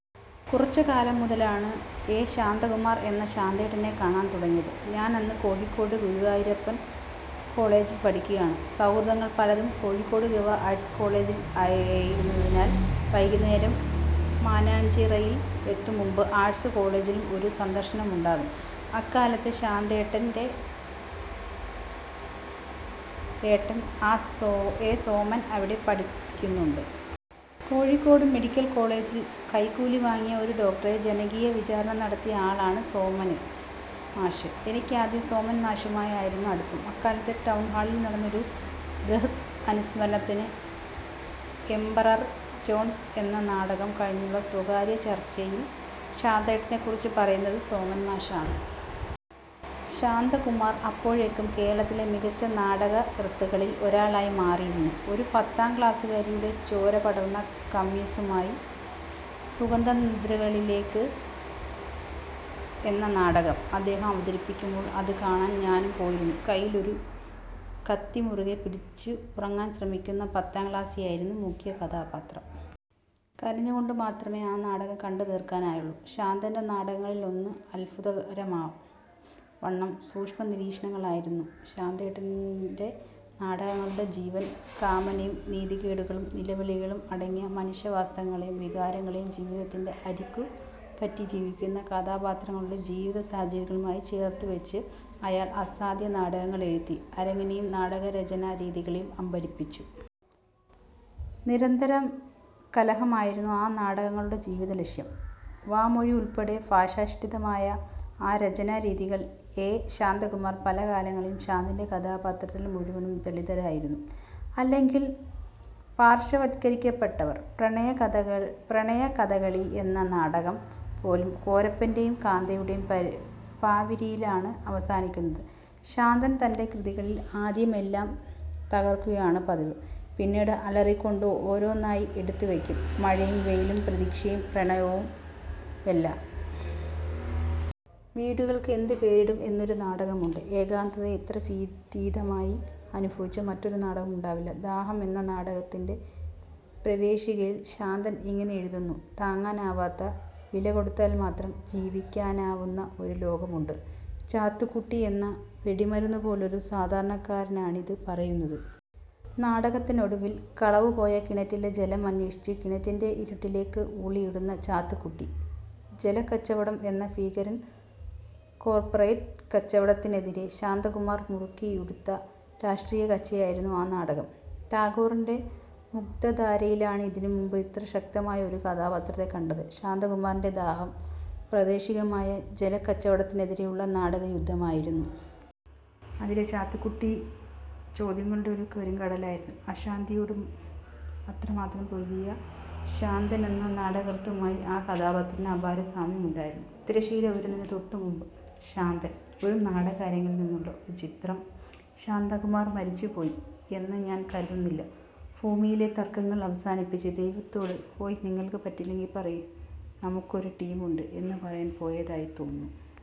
കുറച്ചു കാലം മുതലാണ് എ ശാന്തകുമാർ എന്ന ശാന്തേട്ടനെ കാണാൻ തുടങ്ങിയത്. ഞാനന്ന് കോഴിക്കോട് ഗുരുവായൂരപ്പൻ കോളജിൽ പഠിക്കുകയാണ്. സൗഹൃദങ്ങൾ പലതും കോഴിക്കോട് ഗവ. ആർട്സ് കോളജിൽ ആയിരുന്നതിനാൽ വൈകുന്നേരം മാനാഞ്ചിറയിൽ എത്തും മുമ്പ് ആർട്സ് കോളജിൽ ഒരു സന്ദർശനമുണ്ടാകും. അക്കാലത്ത് ശാന്തേട്ടന്റെ ഏട്ടൻ ആ എ സോമൻ അവിടെ പഠിപ്പിക്കുന്നുണ്ട്. കോഴിക്കോട് മെഡിക്കൽ കോളജിൽ കൈക്കൂലി വാങ്ങിയ ഒരു ഡോക്ടറെ ജനകീയ വിചാരണ നടത്തിയ ആളാണ് സോമന് മാഷ്. എനിക്കാദ്യം സോമൻ മാഷുമായി ആയിരുന്നു അടുപ്പം. അക്കാലത്ത് ടൗണ്ഹാളിൽ നടന്ന ഒരു ബ്രഹ്ത് അനുസ്മരണത്തിന് ' എമ്പറർ ജോണ്സ് ' എന്ന നാടകം കഴിഞ്ഞുള്ള സ്വകാര്യ ചർച്ചയിൽ ശാന്തേട്ടനെ കുറിച്ച് പറയുന്നത് സോമൻ മാഷാണ്. ശാന്തകുമാർ അപ്പോഴേക്കും കേരളത്തിലെ മികച്ച നാടകകൃത്തുക്കളിൽ ഒരാളായി മാറിയിരുന്നു. ഒരു പത്താം ക്ലാസുകാരിയുടെ ചോര പടർന്ന കമ്മീസുമായി ' സുഖനിദ്രകളിലേക്ക് ' എന്ന നാടകം അദ്ദേഹം അവതരിപ്പിക്കുമ്പോൾ അത് കാണാൻ ഞാനും പോയിരുന്നു. കയ്യിൽ ഒരു കത്തി മുറുകെ പിടിച്ച് ഉറങ്ങാൻ ശ്രമിക്കുന്ന പത്താം ക്ലാസുയായിരുന്നു മുഖ്യ കഥാപാത്രം. കരഞ്ഞുകൊണ്ടു മാത്രമേ ആ നാടകം കണ്ടുതീർക്കാനായുള്ളൂ. ശാന്തന്റെ നാടകങ്ങളിലൊന്ന് അത്ഭുതകരമാം വണ്ണം സൂക്ഷ്മനിരീക്ഷണങ്ങളായിരുന്നു ശാന്തേട്ടന്റെ നാടകങ്ങളുടെ ജീവൻ. കാമനയും നീതികേടുകളും നിലവിളികളും അടങ്ങിയ മനുഷ്യവാസങ്ങളെയും വികാരങ്ങളെയും ജീവിതത്തിന്റെ അരികു പറ്റി ജീവിക്കുന്ന കഥാപാത്രങ്ങളുടെ ജീവിത സാഹചര്യങ്ങളുമായി ചേർത്തു വെച്ച് അയാൾ അസാധ്യ നാടകങ്ങൾ എഴുതി അരങ്ങിനെയും നാടക രചനാ രീതികളേയും അമ്പരപ്പിച്ചു. നിരന്തരം കലഹമായിരുന്നു ആ നാടകങ്ങളുടെ ജീവിത ലക്ഷ്യം. വാമൊഴിയുൾപ്പെടെ ഭാഷാഷ്ഠിതമായ ആ രചനാരീതികൾ. എ ശാന്തകുമാർ പല കാലങ്ങളിൽ ശാന്തന്റെ കഥാപാത്രങ്ങളിൽ മുഴുവനും ദളിതരായിരുന്നു. അല്ലെങ്കിൽ പാർശ്വവത്കരിക്കപ്പെട്ടവർ .പ്രണയകഥകൾ ' പ്രണയ കഥകളി'യെന്ന നാടകം പോലും കോരപ്പന്റേയും കാന്തയുടേയുംപരി പാവിരിയിലാണ് അവസാനിക്കുന്നത്. ശാന്തൻ തന്റെ കൃതികളിൽ ആദ്യം എല്ലാം തകർക്കുകയാണ് പതിവ്, പിന്നീട് അലറിക്കൊണ്ട് ഓരോന്നായി എടുത്തു വയ്ക്കും, മഴയും വെയിലും പ്രതീക്ഷയും പ്രണയവും എല്ലാം. ' വീടുകൾക്ക് എന്ത് പേരിടും ' എന്നൊരു നാടകമുണ്ട് ഏകാന്തതയെ ഇത്ര ഭീതിദമായി അനുഭവിച്ച മറ്റൊരു നാടകം ഉണ്ടാവില്ല. ' ദാഹം ' എന്ന നാടകത്തിന്റെ പ്രവേശികയിൽ ശാന്തൻ ഇങ്ങനെ എഴുതുന്നു, ' താങ്ങാനാവാത്ത വില കൊടുത്താൽ മാത്രം ജീവിക്കാനാകുന്ന ഒരു ലോകമുണ്ട്. ' ചാത്തുക്കുട്ടി എന്ന വെടിമരുന്നു പോലൊരു സാധാരണക്കാരനാണിത് പറയുന്നത്. നാടകത്തിനൊടുവിൽ കളവുപോയ കിണറ്റിലെ ജലം അന്വേഷിച്ച് കിണറ്റിന്റെ ഇരുട്ടിലേക്ക് ഊളിയിടുന്ന ചാത്തുക്കുട്ടി! ജലക്കച്ചവടം എന്ന ഭീകര കോർപ്പറേറ്റ് കച്ചവടത്തിനെതിരെ ശാന്തകുമാർ മുറുക്കിയുടുത്ത രാഷ്ട്രീയ കച്ചയായിരുന്നു ആ നാടകം. ടാഗോറിന്റെ മുക്തധാരയിലാണ് ഇതിനു മുമ്പ് ഇത്ര ശക്തമായ ഒരു കഥാപാത്രത്തെ കണ്ടത്. ശാന്തകുമാറിന്റെ ദാഹം പ്രാദേശികമായ ജലക്കച്ചവടത്തിനെതിരെയുള്ള നാടക യുദ്ധമായിരുന്നു. അതിലെ ചാത്തുക്കുട്ടി ചോദ്യങ്ങളുടെ ഒരു പെരുങ്കടലായിരുന്നു. അശാന്തിയോട് അത്രമാത്രം പൊരുതിയ ശാന്തനെന്ന നാടകകൃത്തുമായി ആ കഥാപാത്രത്തിന് അപാര സാമ്യമുമുണ്ടായിരുന്നു. തിരശ്ശീല ഉയരുന്നതിന് തൊട്ടുമുമ്പ്, ശാന്തൻ. ഒരു നാടക അരങ്ങിൽ നിന്നുള്ള ചിത്രം ശാന്തകുമാർ മരിച്ചു പോയി എന്ന് ഞാൻ കരുതുന്നില്ല, ഭൂമിയിലെ തർക്കങ്ങൾ അവസാനിപ്പിച്ച് ദൈവത്തോട്, ' ഓയ് നിങ്ങൾക്ക് പറ്റില്ലെങ്കിൽ പറയ്, നമ്മക്കൊര് ടീമുണ്ട് ' എന്ന് പറയാൻ പോയതായി തോന്നുന്നു.